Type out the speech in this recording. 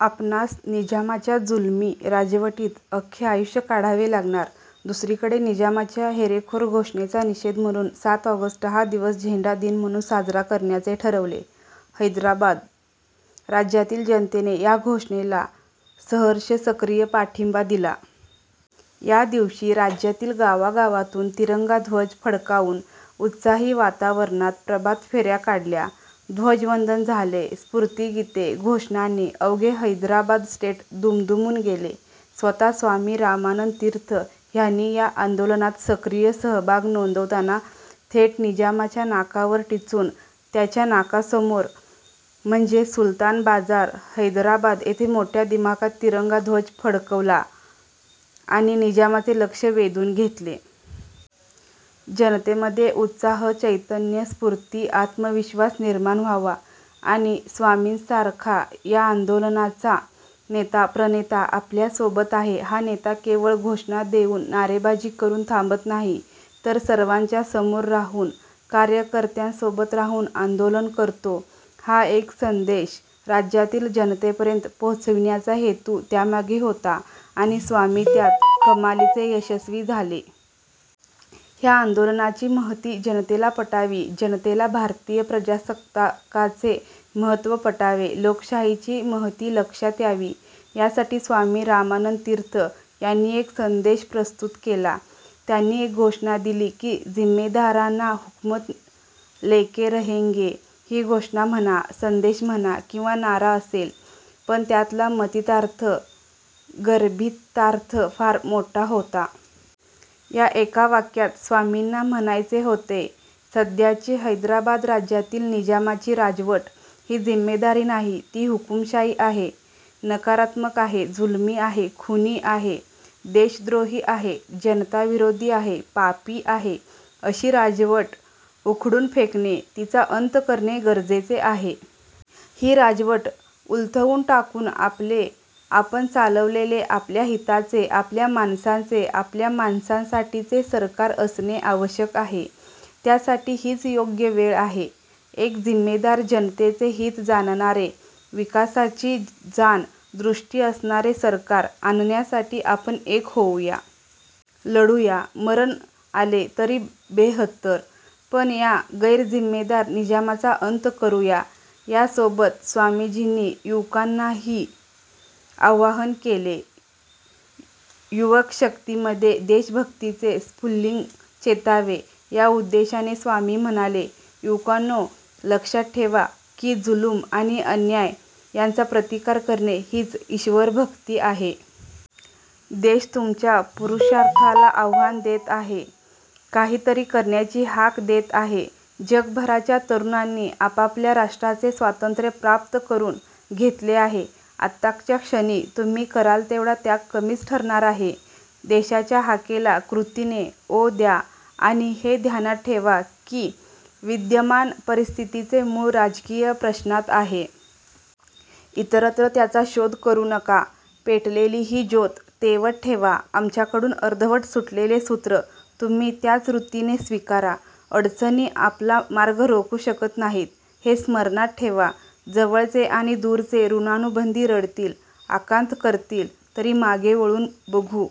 आपणास निजामाच्या जुलमी राजवटीत अख्खे आयुष्य काढावे लागणार! दुसरीकडे निजामाच्या हेरेखोर घोषणेचा निषेध म्हणून सात ऑगस्ट हा दिवस झेंडा दिन म्हणून साजरा करण्याचे ठरवले. हैदराबाद राज्यातील जनतेने या घोषणेला सहर्ष, सक्रिय पाठिंबा दिला. या दिवशी राज्यातील गावागावातून तिरंगा ध्वज फडकावून, उत्साही वातावरणात प्रभातफेर्या काढल्या. ध्वजवंदन झाले. स्फूर्तीगीते, घोषणांनी अवघे हैदराबाद स्टेट दुमदुमून गेले. स्वतः स्वामी रामानंद तीर्थ ह्यांनी या आंदोलनात सक्रिय सहभाग नोंदवताना थेट निजामाच्या नाकावर टिच्चून, त्याच्या नाकासमोर म्हणजे सुलतान बाजार, हैदराबाद येथे मोठ्या दिमाखात तिरंगा ध्वज फडकावला आणि निजामाचे लक्ष वेधून घेतले. जनतेमध्ये उत्साह, चैतन्य, स्फूर्ती, आत्मविश्वास निर्माण व्हावा आणि स्वामींसारखा या आंदोलनाचा नेता, प्रणेता आपल्या सोबत आहे, हा नेता केवळ घोषणा देऊन, नारेबाजी करून थांबत नाही, तर सर्वांच्या समोर राहून, कार्यकर्त्यांसोबत राहून आंदोलन करतो, हा एक संदेश राज्यातील जनतेपर्यंत पोहोचविण्याचा हेतू त्यामागे होता आणि स्वामी त्यात कमालीचे यशस्वी झाले. ह्या आंदोलनाची महती जनतेला पटावी, जनतेला भारतीय प्रजासत्ताकाचे महत्त्व पटावे, लोकशाहीची महती लक्षात यावी यासाठी स्वामी रामानंद तीर्थ यांनी एक संदेश प्रस्तुत केला. त्यांनी एक घोषणा दिली की, जिम्मेदाराना हुकुमत लेके रहेंगे! ही घोषणा म्हणा, संदेश म्हणा किंवा नारा असेल, पण त्यातला मतितार्थ, गर्भितार्थ फार मोठा होता. या एका वाक्यात स्वामींना म्हणायचे होते, सध्याची हैदराबाद राज्यातील निजामाची राजवट ही जिम्मेदारीची नाही. ती हुकुमशाही आहे. नकारात्मक आहे. जुलमी आहे. खुनी आहे. देशद्रोही आहे. जनताविरोधी आहे. पापी आहे. अशी राजवट उखडून फेकणे, तिचा अंत करणे गरजेचे आहे. ही राजवट उलथवून टाकून आपले, आपण चालवलेले, आपल्या हिताचे, आपल्या माणसांचे, आपल्या माणसांसाठीचे सरकार असणे आवश्यक आहे. त्यासाठी हीच योग्य वेळ आहे. एक जिम्मेदार, जनतेचे हित जाणणारे, विकासाची जाण, दृष्टी असणारे सरकार आणण्यासाठी आपण एक होऊया. लढूया. मरण आले तरी बेहत्तर, पण या गैरजिम्मेदार निजामाचा अंत करूया. या सोबत स्वामीजींनी युवकांनाही आवाहन केले. युवकशक्तीमध्ये देशभक्तीचे स्फुल्लिंग चेतावे या उद्देशाने स्वामी म्हणाले, युवकांनो, लक्षात ठेवा की जुलूम आणि अन्याय यांचा प्रतिकार करणे हीच ईश्वरभक्ती आहे. देश तुमच्या पुरुषार्थाला आवाहन देत आहे. काही तरी करण्याची हाक देत आहे. जगभरच्या तरुणांनी आपापल्या राष्ट्रांचे स्वातंत्र्य प्राप्त करून घेतले आहे. आताच्या क्षणी तुम्ही कराल तेवढा त्याग कमीच ठरणार आहे. देशाच्या हाकेला कृतीने ओ द्या आणि हे ध्यानात ठेवा की, विद्यमान परिस्थितीचे मूळ राजकीय प्रश्नात आहे. इतरत्र त्याचा शोध करू नका. पेटलेली ही ज्योत तेवत ठेवा. आमच्याकडून अर्धवट सुटलेले सूत्र तुम्ही त्याच वृत्तीने स्वीकारा. अडचणी आपला मार्ग रोखू शकत नाहीत हे स्मरणात ठेवा. जवळचे आणि दूरचे ऋणानुबंधी रडतील, आकांत करतील, तरी मागे वळून बघू